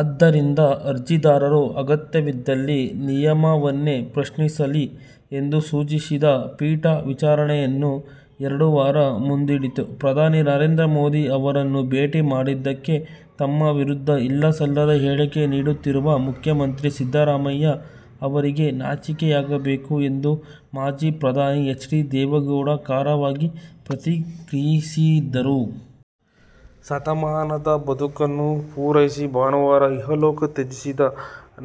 ಆದ್ದರಿಂದ ಅರ್ಜಿದಾರರು ಅಗತ್ಯವಿದ್ದಲ್ಲಿ ನಿಯಮವನ್ನೇ ಪ್ರಶ್ನಿಸಲಿ ಎಂದು ಸೂಚಿಸಿದ ಪೀಠ ವಿಚಾರಣೆಯನ್ನು ಎರಡು ವಾರ ಮುಂದೂಡಿತು. ಪ್ರಧಾನಿ ನರೇಂದ್ರ ಮೋದಿ ಅವರನ್ನು ಭೇಟಿ ಮಾಡಿದ್ದಕ್ಕೆ ತಮ್ಮ ವಿರುದ್ಧ ಇಲ್ಲಸಲ್ಲದ ಹೇಳಿಕೆ ನೀಡುತ್ತಿರುವ ಮುಖ್ಯಮಂತ್ರಿ ಸಿದ್ದರಾಮಯ್ಯ ಅವರಿಗೆ ನಾಚಿಕೆಯಾಗಬೇಕು ಎಂದು ಮಾಜಿ ಪ್ರಧಾನಿ ಎಚ್. ಡಿ. ದೇವೇಗೌಡ ಖಾರವಾಗಿ ಪ್ರತಿಕ್ರಿಯಿಸಿದರು. ಶತಮಾನದ ಬದುಕನ್ನು ಪೂರೈಸಿ ಭಾನುವಾರ ಇಹಲೋಕ ತ್ಯಜಿಸಿದ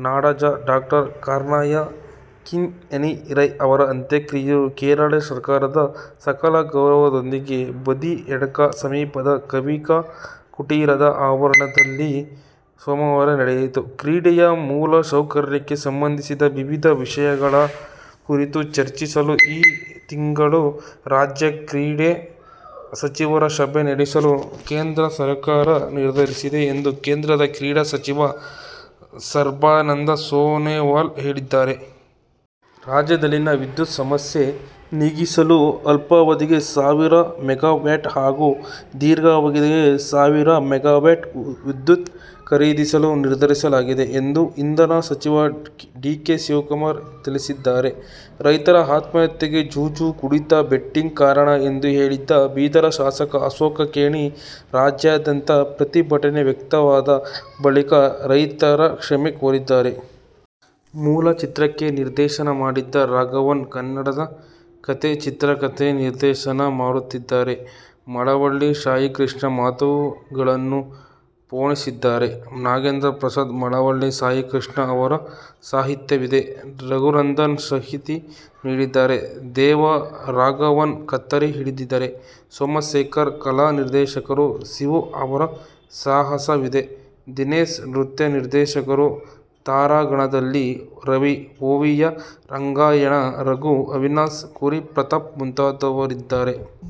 ನಾಡೋಜ ಡಾ ಕಯ್ನಾರ ಕಿಞ್ಞಣ್ಣ ರೈ ಅವರ ಅಂತ್ಯಕ್ರಿಯೆಯು ಕೇರಳ ಸರ್ಕಾರದ ಸಕಲ ಗೌರವಗಳೊಂದಿಗೆ ಬದಿಯಡ್ಕ ಸಮೀಪದ ಕವಿತಾ ಕುಟೀರದ ಆವರಣದಲ್ಲಿ ಸೋಮವಾರ ನಡೆಯಿತು. ಕ್ರೀಡೆಯ ಮೂಲ ಸೌಕರ್ಯಕ್ಕೆ ಸಂಬಂಧಿಸಿ ವಿವಿಧ ವಿಷಯಗಳ ಕುರಿತು ಚರ್ಚಿಸಲು ಈ ತಿಂಗಳು ರಾಜ್ಯ ಕ್ರೀಡಾ ಸಚಿವರ ಸಭೆ ನಡೆಸಲು ಕೇಂದ್ರ ಸರಕಾರ ನಿರ್ಧರಿಸಿದೆ ಎಂದ ಕೇಂದ್ರದ ಕ್ರೀಡಾ ಸಚಿವ ಸರ್ಬಾನಂದ ಸೊನೋವಾಲ್ ಹೇಳಿದ್ದಾರೆ. ರಾಜ್ಯದಲ್ಲಿನ ವಿದ್ಯುತ್ ಸಮಸ್ಯೆ ನೀಗಿಸಲು ಅಲ್ಪಾವಧಿಗೆ ಸಾವಿರ ಮೆಗಾವ್ಯಾಟ್ ಹಾಗೂ ದೀರ್ಘಾವಧಿಗೆ ಸಾವಿರ ಮೆಗಾವ್ಯಾಟ್ ವಿದ್ಯುತ್ ಖರೀದಿಸಲು ನಿರ್ಧರಿಸಲಾಗಿದೆ ಎಂದು ಇಂಧನ ಸಚಿವ ಡಿ. ಕೆ. ಶಿವಕುಮಾರ್ ತಿಳಿಸಿದ್ದಾರೆ. ರೈತರ ಆತ್ಮಹತ್ಯೆಗೆ ಜೂಜು, ಕುಡಿತ, ಬೆಟ್ಟಿಂಗ್ ಕಾರಣ ಎಂದು ಹೇಳಿದ್ದ ಬೀದರ ಶಾಸಕ ಅಶೋಕ ಖೇಣಿ ರಾಜ್ಯಾದ್ಯಂತ ಪ್ರತಿಭಟನೆ ವ್ಯಕ್ತವಾದ ಬಳಿಕ ರೈತರ ಕ್ಷಮೆ ಕೋರಿದ್ದಾರೆ. ಮೂಲ ಚಿತ್ರಕ್ಕೆ ನಿರ್ದೇಶನ ಮಾಡಿದ್ದ ರಾಘವನ್, ಕನ್ನಡದಲ್ಲಿ ಕಥೆ-ಚಿತ್ರಕತೆ-ನಿರ್ದೇಶನ ಮಾಡುತ್ತಿದ್ದಾರೆ. ಮಳವಳ್ಳಿ ಸಾಯಿಕೃಷ್ಣ ಮಾತುಗಳನ್ನು ಪೋಣಿಸಿದ್ದಾರೆ. ನಾಗೇಂದ್ರಪ್ರಸಾದ್, ಮಳವಳ್ಳಿ ಸಾಯಿಕೃಷ್ಣ ಅವರ ಸಾಹಿತ್ಯವಿದೆ. ರಘುನಂದನ್ ಸಂಗೀತ ನೀಡಿದ್ದಾರೆ. ದೇವ ರಾಘವನ್ ಕತ್ತರಿ ಹಿಡಿದರೆ, ಸೋಮಶೇಖರ್ ಕಲಾನಿರ್ದೇಶಕರು. ಶಿವು ಆವರ ಸಾಹಸವಿದೆ. ದಿನೇಶ್ ನೃತ್ಯ ನಿರ್ದೇಶಕರು. ತಾರಾಗಣದಲ್ಲಿ – ರವಿ, ಓವಿಯಾ, ರಂಗಾಯಣ ರಘು, ಅವಿನಾಶ್, ಕುರಿ ಪ್ರತಾಪ್, ಮುಂತಾದವರಿದ್ದಾರೆ.